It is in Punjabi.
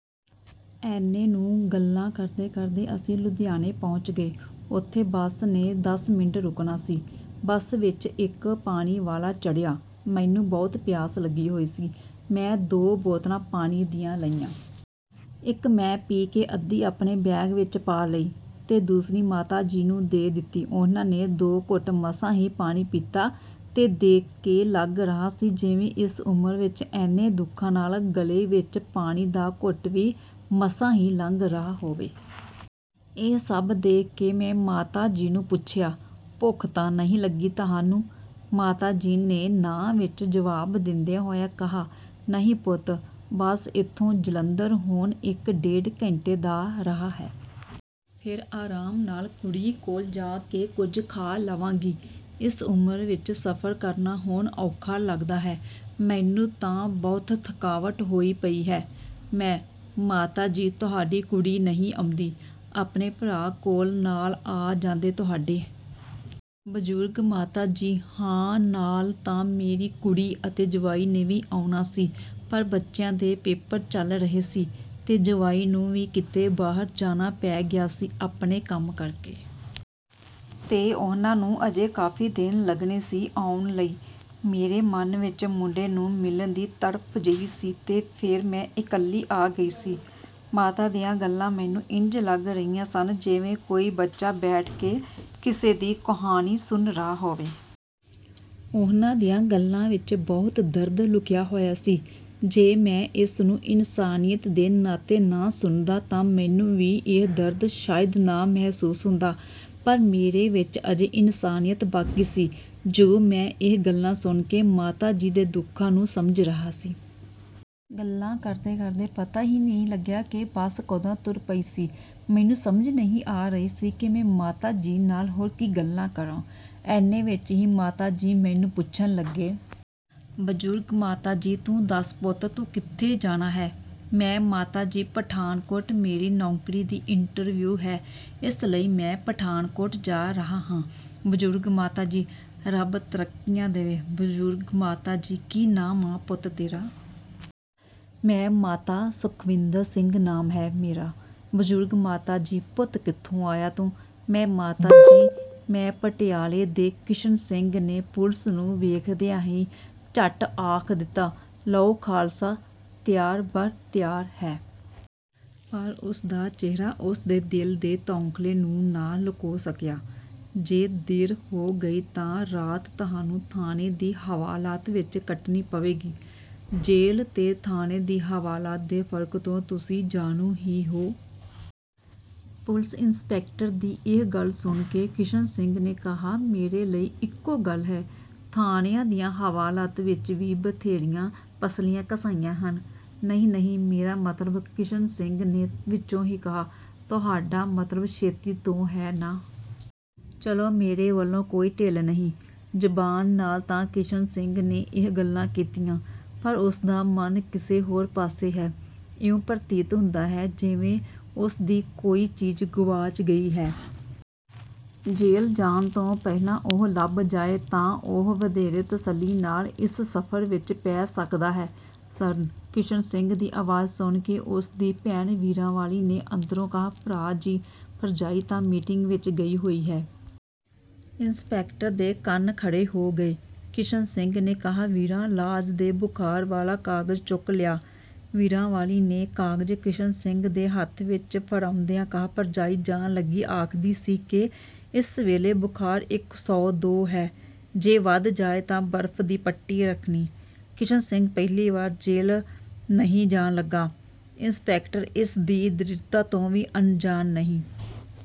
ਐਨੇ ਨੂੰ ਗੱਲਾਂ ਕਰਦੇ-ਕਰਦੇ ਅਸੀਂ ਲੁਧਿਆਣੇ ਪਹੁੰਚ ਗਏ। ਉੱਥੇ ਬੱਸ ਨੇ ਦਸ ਮਿੰਟ ਰੁਕਣਾ ਸੀ। ਬੱਸ ਵਿੱਚ ਇੱਕ ਪਾਣੀ ਵਾਲਾ ਚੜ੍ਹਿਆ। ਮੈਨੂੰ ਬਹੁਤ ਪਿਆਸ ਲੱਗੀ ਹੋਈ ਸੀ। ਮੈਂ ਦੋ ਬੋਤਲਾਂ ਪਾਣੀ ਦੀਆਂ ਲਈਆਂ। ਇੱਕ ਮੈਂ ਪੀ ਕੇ ਅੱਧੀ ਆਪਣੇ ਬੈਗ ਵਿੱਚ ਪਾ ਲਈ ਤੇ ਦੂਸਰੀ ਮਾਤਾ ਜੀ ਨੂੰ ਦੇ ਦਿੱਤੀ। ਉਹਨਾਂ ਨੇ ਦੋ ਘੁੱਟ ਮਸਾਂ ਹੀ ਪਾਣੀ ਪੀਤਾ ਤੇ ਦੇਖ ਕੇ ਲੱਗ ਰਿਹਾ ਸੀ, ਜਿਵੇਂ ਇਸ ਉਮਰ ਵਿੱਚ ਐਨੇ ਦੁੱਖਾਂ ਨਾਲ ਗਲੇ ਵਿੱਚ ਪਾਣੀ ਦਾ ਘੁੱਟ ਵੀ ਮਸਾਂ ਹੀ ਲੰਘ ਰਿਹਾ ਹੋਵੇ। ਇਹ ਸਭ ਦੇਖ ਕੇ ਮੈਂ ਮਾਤਾ ਜੀ ਨੂੰ ਪੁੱਛਿਆ, "ਭੁੱਖ ਤਾਂ ਨਹੀਂ ਲੱਗੀ ਤੁਹਾਨੂੰ?" ਮਾਤਾ ਜੀ ਨੇ ਨਾ ਵਿੱਚ ਜਵਾਬ ਦਿੰਦਿਆਂ ਹੋਇਆ ਕਿਹਾ, "ਨਹੀਂ ਪੁੱਤ, ਬਸ ਇੱਥੋਂ ਜਲੰਧਰ ਹੁਣ ਇੱਕ-ਡੇਢ ਘੰਟੇ ਦਾ ਰਾਹ ਹੈ। ਫੇਰ ਆਰਾਮ ਨਾਲ ਕੁੜੀ ਕੋਲ ਜਾ ਕੇ ਕੁਝ ਖਾ ਲਵਾਂਗੀ। ਇਸ ਉਮਰ ਵਿੱਚ ਸਫ਼ਰ ਕਰਨਾ ਹੁਣ ਔਖਾ ਲੱਗਦਾ ਹੈ। ਮੈਨੂੰ ਤਾਂ ਬਹੁਤ ਥਕਾਵਟ ਹੋਈ ਪਈ ਹੈ।" ਮੈਂ: "ਮਾਤਾ ਜੀ, ਤੁਹਾਡੀ ਕੁੜੀ ਨਹੀਂ ਆਉਂਦੀ ਆਪਣੇ ਭਰਾ ਕੋਲ ਨਾਲ ਆ ਜਾਂਦੇ ਤੁਹਾਡੇ?" ਬਜ਼ੁਰਗ ਮਾਤਾ ਜੀ: "ਹਾਂ, ਨਾਲ ਤਾਂ ਮੇਰੀ ਕੁੜੀ ਅਤੇ ਜਵਾਈ ਨੇ ਵੀ ਆਉਣਾ ਸੀ, ਪਰ ਬੱਚਿਆਂ ਦੇ ਪੇਪਰ ਚੱਲ ਰਹੇ ਸੀ ਤੇ ਜਵਾਈ ਨੂੰ ਵੀ ਕਿਤੇ ਬਾਹਰ ਜਾਣਾ ਪੈ ਗਿਆ ਸੀ ਆਪਣੇ ਕੰਮ ਕਰਕੇ। ਤੇ ਉਹਨਾਂ ਨੂੰ ਅਜੇ ਕਾਫ਼ੀ ਦਿਨ ਲੱਗਣੇ ਸੀ ਆਉਣ ਲਈ। ਮੇਰੇ ਮਨ ਵਿੱਚ ਮੁੰਡੇ ਨੂੰ ਮਿਲਣ ਦੀ ਤੜਫ਼ ਜਿਹੀ ਸੀ ਤੇ ਫੇਰ ਮੈਂ ਇਕੱਲੀ ਆ ਗਈ ਸੀ।" ਮਾਤਾ ਦੀਆਂ ਗੱਲਾਂ ਮੈਨੂੰ ਇੰਝ ਲੱਗ ਰਹੀਆਂ ਸਨ, ਜਿਵੇਂ ਕੋਈ ਬੱਚਾ ਬੈਠ ਕੇ ਕਿਸੇ ਦੀ ਕਹਾਣੀ ਸੁਣ ਰਿਹਾ ਹੋਵੇ। ਉਹਨਾਂ ਦੀਆਂ ਗੱਲਾਂ ਵਿੱਚ ਬਹੁਤ ਦਰਦ ਲੁਕਿਆ ਹੋਇਆ ਸੀ। ਜੇ ਮੈਂ ਇਸਨੂੰ ਇਨਸਾਨੀਅਤ ਦੇ ਨਾਤੇ ਨਾ ਸੁਣਦਾ ਤਾਂ ਮੈਨੂੰ ਵੀ ਇਹ ਦਰਦ ਸ਼ਾਇਦ ਨਾ ਮਹਿਸੂਸ ਹੁੰਦਾ। ਪਰ ਮੇਰੇ ਵਿੱਚ ਅਜੇ ਇਨਸਾਨੀਅਤ ਬਾਕੀ ਸੀ, ਜੋ ਮੈਂ ਇਹ ਗੱਲਾਂ ਸੁਣ ਕੇ ਮਾਤਾ ਜੀ ਦੇ ਦੁੱਖਾਂ ਨੂੰ ਸਮਝ ਰਿਹਾ ਸੀ। ਗੱਲਾਂ ਕਰਦੇ-ਕਰਦੇ ਪਤਾ ਹੀ ਨਹੀਂ ਲੱਗਿਆ ਕਿ ਬੱਸ ਕਦੋਂ ਤੁਰ ਪਈ ਸੀ। ਮੈਨੂੰ ਸਮਝ ਨਹੀਂ ਆ ਰਹੀ ਸੀ ਕਿ ਮੈਂ ਮਾਤਾ ਜੀ ਨਾਲ ਹੋਰ ਕੀ ਗੱਲਾਂ ਕਰਾਂ। ਐਨੇ ਵਿੱਚ ਹੀ ਹੁਣ ਮਾਤਾ ਜੀ ਮੈਨੂੰ ਪੁੱਛਣ ਲੱਗੇ। ਬਜ਼ੁਰਗ ਮਾਤਾ ਜੀ: "ਤੂੰ ਦੱਸ ਪੁੱਤ, ਤੂੰ ਕਿੱਥੇ ਜਾਣਾ ਹੈ?" ਮੈਂ: "ਮਾਤਾ ਜੀ, ਪਠਾਨਕੋਟ ਮੇਰੀ ਨੌਕਰੀ ਦੀ ਇੰਟਰਵਿਊ ਹੈ। ਇਸ ਲਈ ਮੈਂ ਪਠਾਨਕੋਟ ਜਾ ਰਿਹਾ ਹਾਂ।" ਬਜ਼ੁਰਗ ਮਾਤਾ ਜੀ: "ਰੱਬ ਤਰੱਕੀਆਂ ਦੇਵੇ।" ਬਜ਼ੁਰਗ ਮਾਤਾ ਜੀ: "ਕੀ ਨਾਮ ਆ ਪੁੱਤ ਤੇਰਾ?" ਮੈਂ: "ਮਾਤਾ, ਸੁੱਖਵਿੰਦਰ ਸਿੰਘ ਨਾਮ ਹੈ ਮੇਰਾ।" ਬਜ਼ੁਰਗ ਮਾਤਾ ਜੀ: "ਪੁੱਤ, ਕਿੱਥੋਂ ਆਇਆ ਤੂੰ?" ਮੈਂ: "ਮਾਤਾ ਜੀ, ਮੈਂ ਪਟਿਆਲੇ ਦੇ..." ਕਿਸ਼ਨ ਸਿੰਘ ਨੇ ਪੁਲਿਸ ਨੂੰ ਵੇਖਦਿਆਂ ਹੀ ਝੱਟ ਆਖ ਦਿੱਤਾ, "ਲਓ, ਖ਼ਾਲਸਾ ਤਿਆਰ-ਬਰ-ਤਿਆਰ ਹੈ।" ਪਰ ਉਸ ਦਾ ਚਿਹਰਾ ਉਸ ਦੇ ਦਿਲ ਦੇ ਤੌਖ਼ਲੇ ਨੂੰ ਨਾ ਲੁਕਾ ਸਕਿਆ। "ਜੇ ਦੇਰ ਹੋ ਗਈ ਤਾਂ ਰਾਤ ਤੁਹਾਨੂੰ ਥਾਣੇ ਦੀ ਹਵਾਲਾਤ ਵਿੱਚ ਕੱਟਣੀ ਪਵੇਗੀ। ਜੇਲ੍ਹ ਤੇ ਥਾਣੇ ਦੀ ਹਵਾਲਾਤ ਦੇ ਫ਼ਰਕ ਤੋਂ ਤੁਸੀਂ ਜਾਣੂ ਹੀ ਹੋ।" ਪੁਲਿਸ ਇੰਸਪੈਕਟਰ ਦੀ ਇਹ ਗੱਲ ਸੁਣ ਕੇ ਕਿਸ਼ਨ ਸਿੰਘ ਨੇ ਕਿਹਾ, "ਮੇਰੇ ਲਈ ਇੱਕੋ ਗੱਲ ਹੈ, ਥਾਣਿਆਂ ਦੀਆਂ ਹਵਾਲਾਤਾਂ ਵਿੱਚ ਵੀ ਬਥੇਰੀਆਂ ਪਸਲੀਆਂ ਘਸਾਈਆਂ ਹਨ।" "ਨਹੀਂ, ਨਹੀਂ, ਮੇਰਾ ਮਤਲਬ…" ਕਿਸ਼ਨ ਸਿੰਘ ਨੇ ਵਿਚੋਂ ਹੀ ਕਿਹਾ, "ਤੁਹਾਡਾ ਮਤਲਬ ਛੇਤੀ ਤੋਂ ਹੈ ਨਾ? ਚੱਲੋ, ਮੇਰੇ ਵੱਲੋਂ ਕੋਈ ਢਿੱਲ ਨਹੀਂ।" ਜ਼ਬਾਨ ਨਾਲ ਤਾਂ ਕਿਸ਼ਨ ਸਿੰਘ ਨੇ ਇਹ ਗੱਲਾਂ ਕੀਤੀਆਂ, ਪਰ ਉਸ ਦਾ ਮਨ ਕਿਸੇ ਹੋਰ ਪਾਸੇ ਹੈ। ਇਉਂ ਪ੍ਰਤੀਤ ਹੁੰਦਾ ਹੈ, ਜਿਵੇਂ ਉਸ ਦੀ ਕੋਈ ਚੀਜ਼ ਗੁਆਚ ਗਈ ਹੈ। ਜੇਲ੍ਹ ਜਾਣ ਤੋਂ ਪਹਿਲਾਂ ਉਹ ਲੱਭ ਜਾਏ ਤਾਂ ਉਹ ਵਧੇਰੇ ਤਸੱਲੀ ਨਾਲ ਇਸ ਸਫ਼ਰ ਵਿੱਚ ਪੈ ਸਕਦਾ ਹੈ। "ਸਰਨ।" ਕਿਸ਼ਨ ਸਿੰਘ ਦੀ ਆਵਾਜ਼ ਸੁਣ ਕੇ ਉਸ ਦੀ ਭੈਣ ਵੀਰਾਂਵਾਲੀ ਨੇ ਅੰਦਰੋਂ ਕਿਹਾ, "ਭਰਾ ਜੀ, ਭਰਜਾਈ ਤਾਂ ਮੀਟਿੰਗ ਵਿੱਚ ਗਈ ਹੋਈ ਹੈ।" ਇੰਸਪੈਕਟਰ ਦੇ ਕੰਨ ਖੜ੍ਹੇ ਹੋ ਗਏ। ਕਿਸ਼ਨ ਸਿੰਘ ਨੇ ਕਿਹਾ, "ਵੀਰਾਂ, ਲਾਜ ਦੇ ਬੁਖ਼ਾਰ ਵਾਲਾ ਕਾਗਜ਼ ਚੁੱਕ ਲਿਆ।" ਵੀਰਾਂਵਾਲੀ ਨੇ ਕਾਗਜ਼ ਕਿਸ਼ਨ ਸਿੰਘ ਦੇ ਹੱਥ ਵਿੱਚ ਫੜਾਉਂਦਿਆਂ ਕਿਹਾ, "ਭਰਜਾਈ ਜਾਣ ਲੱਗੀ ਆਖਦੀ ਸੀ ਕਿ ਇਸ ਵੇਲੇ ਬੁਖਾਰ ਇੱਕ ਸੋ ਦੋ ਹੈ, ਜੇ ਵਧ ਜਾਏ ਤਾਂ ਬਰਫ਼ ਦੀ ਪੱਟੀ ਰੱਖਣੀ।" ਕਿਸ਼ਨ ਸਿੰਘ ਪਹਿਲੀ ਵੇਰ ਜੇਲ੍ਹ ਨਹੀਂ ਜਾਣ ਲੱਗਾ। ਇੰਸਪੈਕਟਰ ਇਸ ਦੀ ਦ੍ਰਿੜ੍ਹਤਾ ਤੋਂ ਵੀ ਅਣਜਾਣ ਨਹੀਂ।